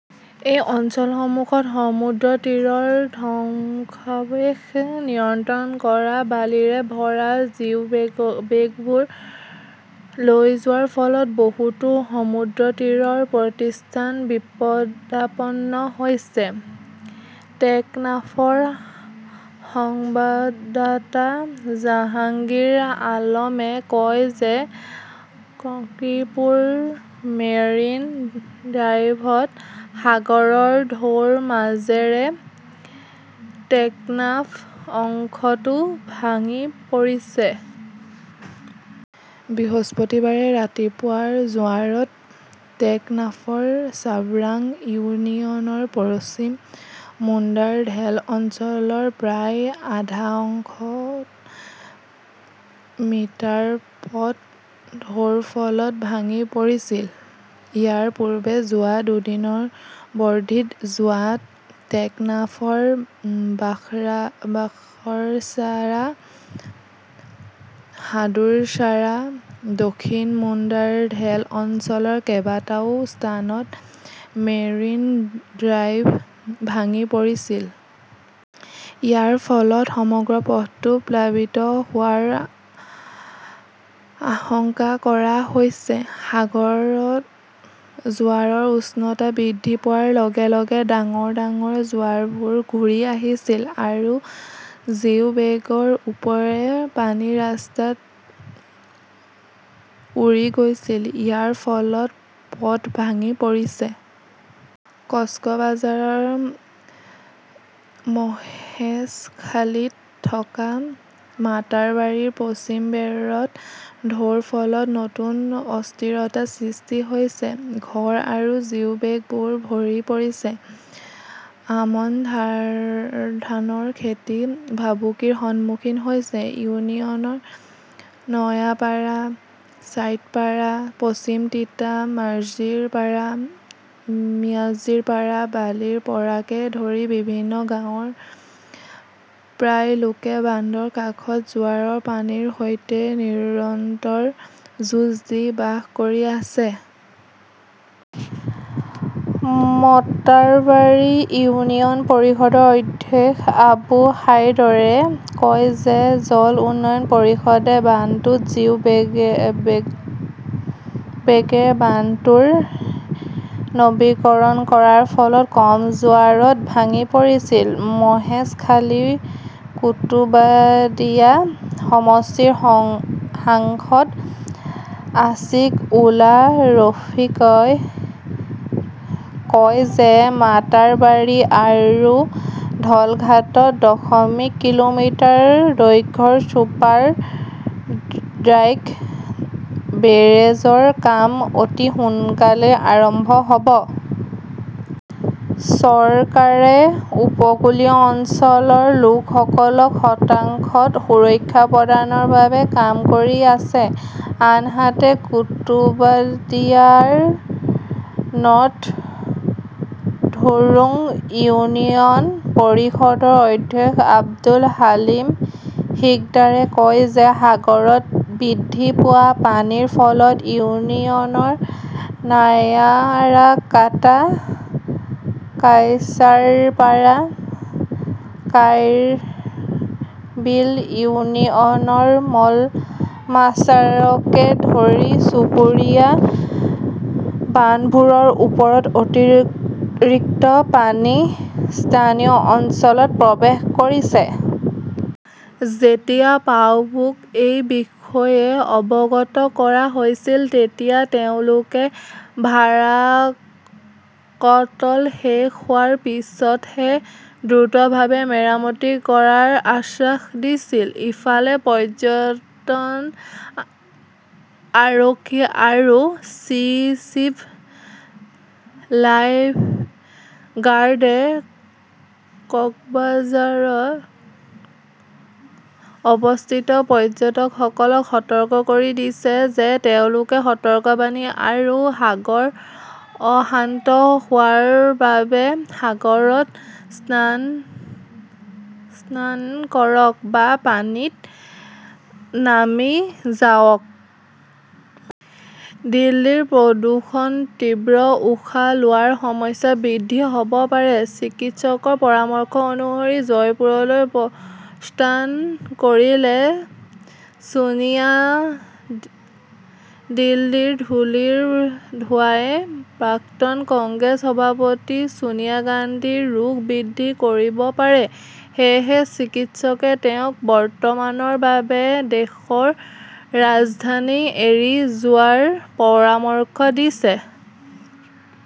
এই অঞ্চলসমূহত সমুদ্ৰতীৰৰ ধ্বংসাৱশেষ নিয়ন্ত্ৰণ কৰা বালিৰে ভৰা জিও বেগবোৰ লৈ যোৱাৰ ফলত বহুতো সমুদ্ৰতীৰৰ প্ৰতিষ্ঠান বিপদাপন্ন হৈছে। টেকনাফৰ সংবাদদাতা জাহাংগীৰ আলমে কয় যে কক্সপুৰ মেৰিন ড্ৰাইভত সাগৰৰ ঢৌৰ মাজেৰে টেকনাফ অংশটো ভাঙি পৰিছে। বৃহস্পতিবাৰে ৰাতিপুৱাৰ জোৱাৰত টেকনাফৰ চাবৰাং ইউনিয়নৰ পশ্চিম মুণ্ডাৰ ডেল অঞ্চলৰ প্ৰায় আধাশত মিটাৰ পথ ঢৌৰ ফলত ভাঙি পৰিছিল। ইয়াৰ পূৰ্বে যোৱা দুদিনৰ বৰ্ধিত জোৱাৰত টেকনাফৰ বাহৰছাৰা, হাদুৰছাৰা, দক্ষিণ মুণ্ডাৰ ডেল অঞ্চলৰ কেইবাটাও স্থানত মেৰিন ড্ৰাইভ ভাঙি পৰিছিল। ইয়াৰ ফলত সমগ্ৰ পথটো প্লাবিত হোৱাৰ আশংকা কৰা হৈছে। সাগৰত জোৱাৰৰ উষ্ণতা বৃদ্ধি পোৱাৰ লগে লগে ডাঙৰ ডাঙৰ জোৱাৰবোৰ ঘূৰি আহিছিল আৰু জিও বেগৰ ওপৰেৰে পানী ৰাস্তাত উৰি গৈছিল। ইয়াৰ ফলত পথ ভাঙি পৰিছে। কক্সবাজাৰৰ মহেশখালীত থকা মাটাৰবাৰীৰ পশ্চিম বেৰত ঢৌৰ ফলত নতুন অস্থিৰতাৰ সৃষ্টি হৈছে। ঘৰ আৰু জিওবেগবোৰ ভৰি পৰিছে। আমন ধানৰ খেতি ভাবুকিৰ সন্মুখীন হৈছে। ইউনিয়নৰ নয়াপাৰা, চাইটপাৰা, পশ্চিম তিতা মাঝিৰ পাৰা, মিয়াজিৰ পাৰা, বালিৰ পাৰাকে ধৰি বিভিন্ন গাঁৱৰ প্ৰায় লোকে বান্ধৰ কাষত জোৱাৰৰ পানীৰ সৈতে নিৰন্তৰ যুঁজ দি বাস কৰি আছে। মটাৰবাৰী ইউনিয়ন পৰিষদৰ অধ্যক্ষ আবু হাইদৰে কয় যে জল উন্নয়ন পৰিষদে বান্ধটোত জিও বেগৰে বান্ধটোৰ নৱীকৰণ কৰাৰ ফলত কম জোৱাৰত ভাঙি পৰিছিল। মহেশখালী-কুতুবাদিয়া সমষ্টিৰ সাংসদ আশিক উল্লা ৰফিকই কয় যে মাটাৰবাৰী আৰু ধলঘাটাত দশমিক কিলোমিটাৰ দৈৰ্ঘ্যৰ ছুপাৰ ডাইক বেৰেজৰ কাম অতি সোনকালেই আৰম্ভ হʼব। চৰকাৰে উপকূলীয় অঞ্চলৰ লোকসকলক শতাংশত সুৰক্ষা প্ৰদানৰ বাবে কাম কৰি আছে। আনহাতে, কুতুবাদিয়াৰ নৰ্থ ধুৰুং ইউনিয়ন পৰিষদৰ অধ্যক্ষ আব্দুল হালিম সিকদাৰে কয় যে সাগৰত বৃদ্ধি পোৱা পানীৰ ফলত ইউনিয়নৰ নায়াৰাকাটা, কায়চাৰপাৰা, কায়ৰবিল ইউনিয়নৰ মলমাচাৰকে ধৰি চুবুৰীয়া বান্ধবোৰৰ ওপৰত অতিৰিক্ত পানী স্থানীয় অঞ্চলত প্ৰৱেশ কৰিছে। যেতিয়া পাউবোক এই বিষয়ে অৱগত কৰা হৈছিল, তেতিয়া তেওঁলোকে ভাৰাকটল শেষ হোৱাৰ পিছতহে দ্ৰুতভাৱে মেৰামতি কৰাৰ আশ্বাস দিছিল। ইফালে, পৰ্যটন আৰক্ষী আৰু চি. চিভ. লাইফ গাৰ্ডে কক্সবাঝাৰত অৱস্থিত পৰ্যটকসকলক সতৰ্ক কৰি দিছে যে তেওঁলোকে সতৰ্কবাণী আৰু সাগৰ অশান্ত হোৱাৰ বাবে সাগৰত স্নান কৰক বা পানীত নামি যাওক। দিল্লীৰ প্ৰদূষণ তীব্ৰ, উশাহ লোৱাৰ সমস্যা বৃদ্ধি হ'ব পাৰে, চিকিৎসকৰ পৰামৰ্শ অনুসৰি জয়পুৰলৈ প্ৰস্থান কৰিলে ছোনিয়া দিল্লীৰ ধূলিৰ ধোঁৱাই প্ৰাক্তন কংগ্ৰেছ সভাপতি ছোনিয়া গান্ধীৰ ৰোগ বৃদ্ধি কৰিব পাৰে। সেয়েহে চিকিৎসকে তেওঁক বৰ্তমানৰ বাবে দেশৰ ৰাজধানী এৰি যোৱাৰ পৰামৰ্শ দিছে।